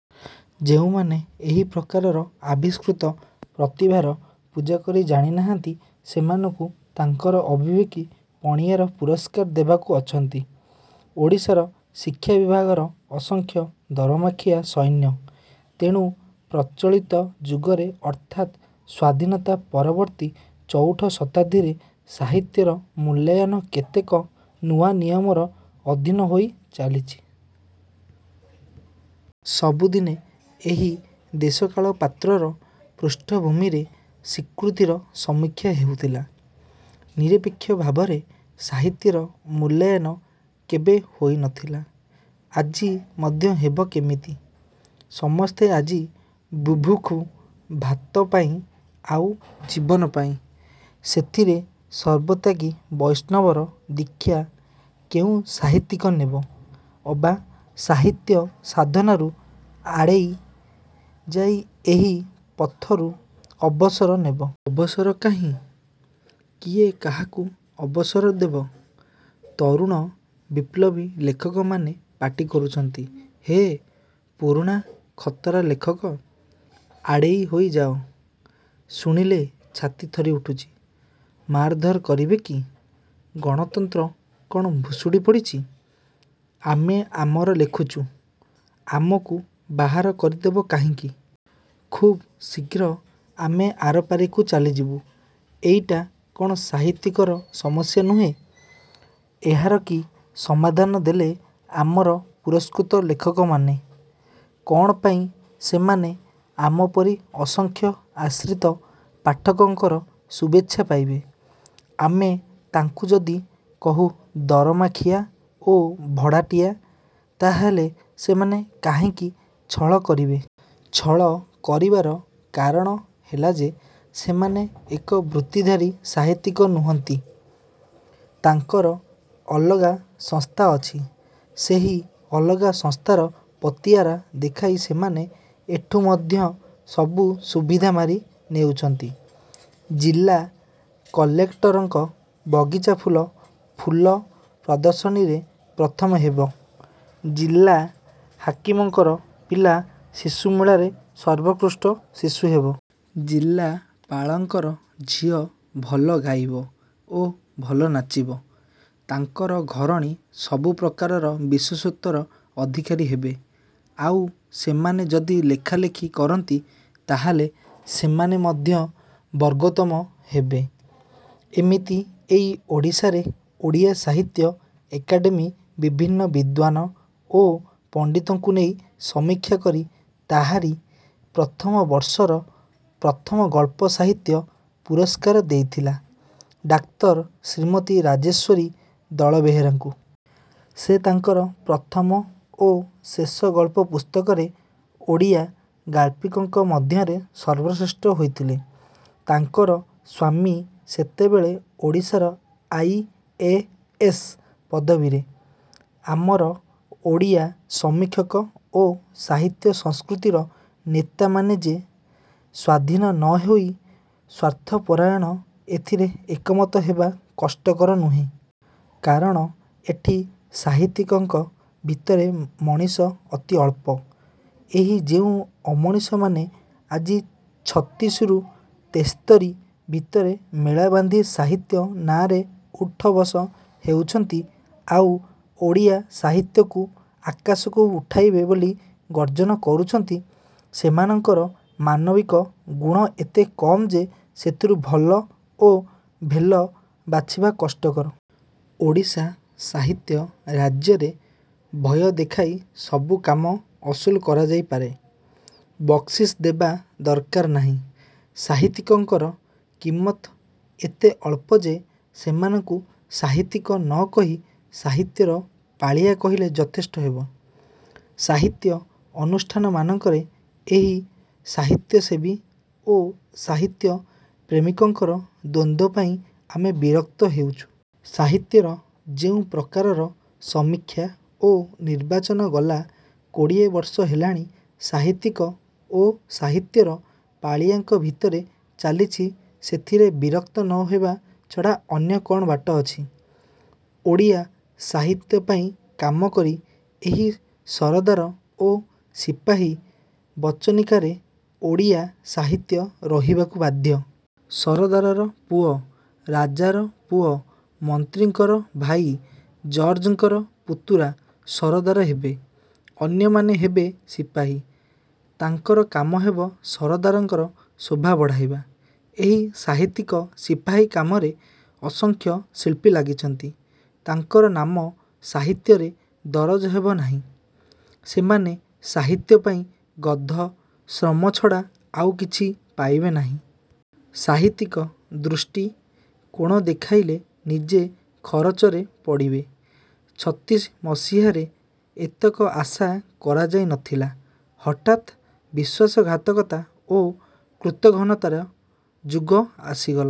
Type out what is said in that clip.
ଯେଉଁମାନେ ଏହି ପ୍ରକାରର ଆବିଷ୍କୃତ ପ୍ରତିଭାର ପୂଜା କରି ଜାଣି ନାହାନ୍ତି ସେମାନଙ୍କୁ ତାଙ୍କର ଅବିବେକୀ-ପଣିଆର ପୁରସ୍କାର ଦେବାକୁ ଅଛନ୍ତି ଓଡ଼ିଶାର ଶିକ୍ଷା ବିଭାଗର ଅସଂଖ୍ୟ ଦରମାଖିଆ ସୈନ୍ୟ। ତେଣୁ ପ୍ରଚଳିତ ଯୁଗରେ ଅର୍ଥାତ୍ ସ୍ୱାଧୀନତା ପରବର୍ତ୍ତୀ ଚଉଠ ଶତାଦ୍ଦୀରେ ସାହିତ୍ୟର ମୂଲ୍ୟାୟନ କେତେକ ନୂଆ ନିୟମର ଅଧିନ ହୋଇ ଚାଲିଛି। ସବୁଦିନେ ଏହି ଦେଶକାଳପାତ୍ରର ପୃଷ୍ଠଭୂମିରେ ସ୍ୱୀକୃତିର ସମୀକ୍ଷା ହେଉଥିଲା। ନିରପେକ୍ଷ ଭାବରେ ସାହିତ୍ୟର ମୂଲ୍ୟାୟନ କେବେ ହୋଇ ନ ଥିଲା। ଆଜି ମଧ୍ୟ ହେବ କେମିତି? ସମସ୍ତେ ଆଜି ବୁଭୁକ୍ଷୁ-ଭାତପାଇଁ ଆଉ ଜୀବନପାଇଁ। ସେଥିରେ ସର୍ବତ୍ୟାଗୀ ବୈଷ୍ଣବର ଦୀକ୍ଷା କେଉଁ ସାହିତ୍ୟିକ ନେବ? ଅବା ସାହିତ୍ୟ ସାଧନାରୁ ଆଡ଼େଇ ଯାଇ ଏହି ପଥରୁ ଅବସର ନେବ? ଅବସର କାହିଁ? କିଏ କାହାକୁ ଅବସର ଦେବ? ତରୁଣ ବିପ୍ଳବୀ ଲେଖକମାନେ ପାଟି କରୁଛନ୍ତି-ହେ, ପୁରୁଣା ଖତରା ଲେଖକ! ଆଡ଼େଇ ହୋଇ ଯାଅ। ଶୁଣିଲେ ଛାତି ଥରି ଉଠୁଛି। ମାରଧର କରିବେ କି? ଗଣତନ୍ତ୍ର କ'ଣ ଭୁଷୁଡ଼ି ପଡ଼ିଛି? ଆମେ ଆମର ଲେଖୁଛୁ। ଆମକୁ ବାହାର କରିଦବ କାହିଁକି? ଖୁବ୍ ଶୀଘ୍ର ଆମେ ଆରପାରିକୁ ଚାଲିଯିବୁ। ଏଇଟା କ'ଣ ସାହିତ୍ୟିକର ସମସ୍ୟା ନୁହେଁ? ଏହାର କି ସମାଧନ ଦେଲେ ଆମର ପୁରସ୍କୃତ ଲେଖକମାନେ? କ'ଣ ପାଇଁ ସେମାନେ ଆମପରି ଅସଂଖ୍ୟ ଆଶ୍ରିତ ପାଠକଙ୍କର ଶୁଭେଚ୍ଛା ପାଇବେ? ଆମେ ତାଙ୍କୁ ଯଦି କହୁ ଦରମାଖିଆ ଓ ଭଡ଼ାଟିଆ-ତାହା ହେଲେ ସେମାନେ କାହିଁକି ଛଳ କରିବେ? ଛଳ କରିବାର କାରଣ ହେଲା ଯେ ସେମାନେ ଏକ-ବୃତ୍ତିଧାରୀ ସାହିତ୍ୟିକ ନୁହନ୍ତି। ତାଙ୍କର ଅଲଗା ସଂସ୍ଥା ଅଛି। ସେହି ଅଲଗା ସଂସ୍ଥାର ପତିଆରା ଦେଖାଇ ସେମାନେ ଏଠୁ ମଧ୍ୟ ସବୁ ସୁବିଧା ମାରି। ନେଉଛନ୍ତି। ଜିଲା କଲେକ୍ଟରଙ୍କର ବଗିଚାଫୁଲ ଫୁଲପ୍ରଦର୍ଶନୀରେ ପ୍ରଥମ ହେବ। ଜିଲା ହାକିମଙ୍କର ପିଲା ଶିଶୁମେଳାରେ ସର୍ବୋତ୍କୃଷ୍ଟ ଶିଶୁ ହେବ। ଜିଲାପାଳଙ୍କର ଝିଅ ଭଲ ଗାଇବ ଓ ଭଲ ନାଚିବ। ତାଙ୍କର ଘରଣୀ ସବୁ ପ୍ରକାରର ବିଶେଷତ୍ୱର ଅଧିକାରୀ ହେବେ। ଆଉ ସେମାନେ ଯଦି ଲେଖାଲେଖି କରନ୍ତି ତାହାହେଲେ ସେମାନେ ମଧ୍ୟ ବର୍ଗୋତ୍ତମ ହେବେ। ଏମିତି ଏଇ ଓଡ଼ିଶାରେ ଓଡ଼ିଆ ସାହିତ୍ୟ ଏକାଡେମି ବିଭିନ୍ନ ବିଦ୍ୱାନ ଓ ପଣ୍ତିତଙ୍କୁ ନେଇ ସମୀକ୍ଷା କରି ତାହାରି ପ୍ରଥମ ବର୍ଷର ପ୍ରଥମ ଗଳ୍ପ ସାହିତ୍ୟ ପୁରସ୍କାର ଦେଇଥିଲା ଡାକ୍ତର ଶ୍ରୀମତୀ ରାଜେଶ୍ୱରୀ ଦଳବେହେରାଙ୍କୁ। ସେ ତାଙ୍କର ପ୍ରଥମ ଓ ଶେଷ ଗଳ୍ପ ପୁସ୍ତକରେ ଓଡ଼ିଆ ଗାଳ୍ପିକଙ୍କ ମଧ୍ୟରେ ସର୍ବେଶ୍ରେଷ୍ଠ ହୋଇଥିଲେ। ତାଙ୍କର ସ୍ୱାମୀ ସେତେବେଳେ ଓଡ଼ିଶାର ଆଇ. ଏ. ଏସ୍. ପଦବୀରେ। ଆମର ଓଡ଼ିଆ ସମୀକ୍ଷକ ଓ ସାହିତ୍ୟ ସଂସ୍କୃତିର ନେତାମାନେ ଯେ ସ୍ୱାଧୀନ ନ ହୋଇ ସ୍ୱାର୍ଥପରାୟଣ ଏଥିରେ ଏକମତ ହେବା କଷ୍ଟକର ନୁହେଁ। କାରଣ ଏଠି ସାହିତ୍ୟିକଙ୍କ ଭିତରେ ମଣିଷ ଅତି ଅଳ୍ପ। ଏହି ଯେଉଁ ଅମଣିଷମାନେ ଆଜି ଛତିଶିରୁ ତେସ୍ତରୀ ଭିତରେ ମେଳାବାନ୍ଧି ସାହିତ୍ୟ ନାଆଁରେ ଉଠବସ ହେଉଛନ୍ତି ଆଉ ଓଡ଼ିଆ ସାହିତ୍ୟକୁ ଆକାଶକୁ ଉଠାଇବେ ବୋଲି ଗର୍ଜନ କରୁଛନ୍ତି ସେମାନଙ୍କର ମାନବିକ ଗୁଣ ଏତେ କମ୍ ଯେ ସେଥିରୁ ଭଲ ଓ ଭେଲ ବାଛିବା କଷ୍ଟକର। ଓଡ଼ିଶା ସାହିତ୍ୟ ରାଜ୍ୟରେ ଭୟ ଦେଖାଇ ସବୁ କାମ ଅସୁଲ କରାଯାଇପାରେ। ବକ୍ସିସ୍ ଦେବା ଦରକାର ନାହିଁ। ସାହିତ୍ୟିକଙ୍କର କିମତ୍ ଏତେ ଅଳ୍ପ ଯେ ସେମାନଙ୍କୁ ସାହିତ୍ୟିକ ନ କହି ସାହିତ୍ୟର ପାଳିଆ କହିଲେ ଯଥେଷ୍ଟ ହେବ। ସାହିତ୍ୟ ଅନୁଷ୍ଠାନମାନଙ୍କରେ ଏହି ସାହିତ୍ୟସେବୀ ଓ ସାହିତ୍ୟ ପ୍ରେମୀଙ୍କର ଦ୍ୱନ୍ଦ୍ୱ ପାଇଁ ଆମେ ବିରକ୍ତ ହେଉଛୁ। ସାହିତ୍ୟର ଯେଉଁ ପ୍ରକାରର ସମୀକ୍ଷା ଓ ନିର୍ବାଚନ ଗଲା କୋଡ଼ିଏବର୍ଷ ହେଲାଣି ସାହିତ୍ୟିକ ଓ ସାହିତ୍ୟର ପାଳିଆଙ୍କ ଭିତରେ ଚାଲିଛି ସେଥିରେ ବିରକ୍ତ ନ ହେବା ଛଡ଼ା ଅନ୍ୟ କ'ଣ ବାଟ ଅଛି? ଓଡ଼ିଆ ସାହିତ୍ୟ ପାଇଁ କାମ କରି ଏହି ସରଦାର ଓ ସିପାହୀ ବଚନିକାରେ ଓଡ଼ିଆ ସାହିତ୍ୟିକ ରହିବାକୁ ବାଧ୍ୟ। ସରଦାରର ପୁଅ, ରାଜାର ପୁଅ, ମନ୍ତ୍ରୀଙ୍କର ଭାଇ, ଜଜ୍ଙ୍କର ପୁତୁରା ସରଦାର ହେବେ। ଅନ୍ୟମାନେ ହେବେ ସିପାହୀ। -ତାଙ୍କର କାମ ହେବ ସରଦାରଙ୍କର ଶୋଭା ବଢ଼ାଇବା। ଏହି ସାହିତ୍ୟିକ ସିପାହୀ କାମରେ ଅସଂଖ୍ୟ ଶିଳ୍ପୀ ଲାଗିଛନ୍ତି। ତାଙ୍କର ନାମ ସାହିତ୍ୟରେ ଦରଜ ହେବ ନାହିଁ। ସେମାନେ ସାହିତ୍ୟ ପାଇଁ ଗଧ-ଶ୍ରମ ଛଡ଼ା ଆଉ କିଛି ପାଇବେ ନାହିଁ। ସାହିତ୍ୟିକ ଦୃଷ୍ଟି-କୋଣ ଦେଖାଇଲେ ନିଜେ ଖରଚରେ ପଡ଼ିବେ। ଛତିଶି ମସିହାରେ ଏତକ ଆଶା କରାଯାଉ ନଥିଲା। ହଠାତ୍ ବିଶ୍ୱାସଘାତକତା ଓ କୃତଘ୍ନତାର ଯୁଗ ଆସିଗଲା।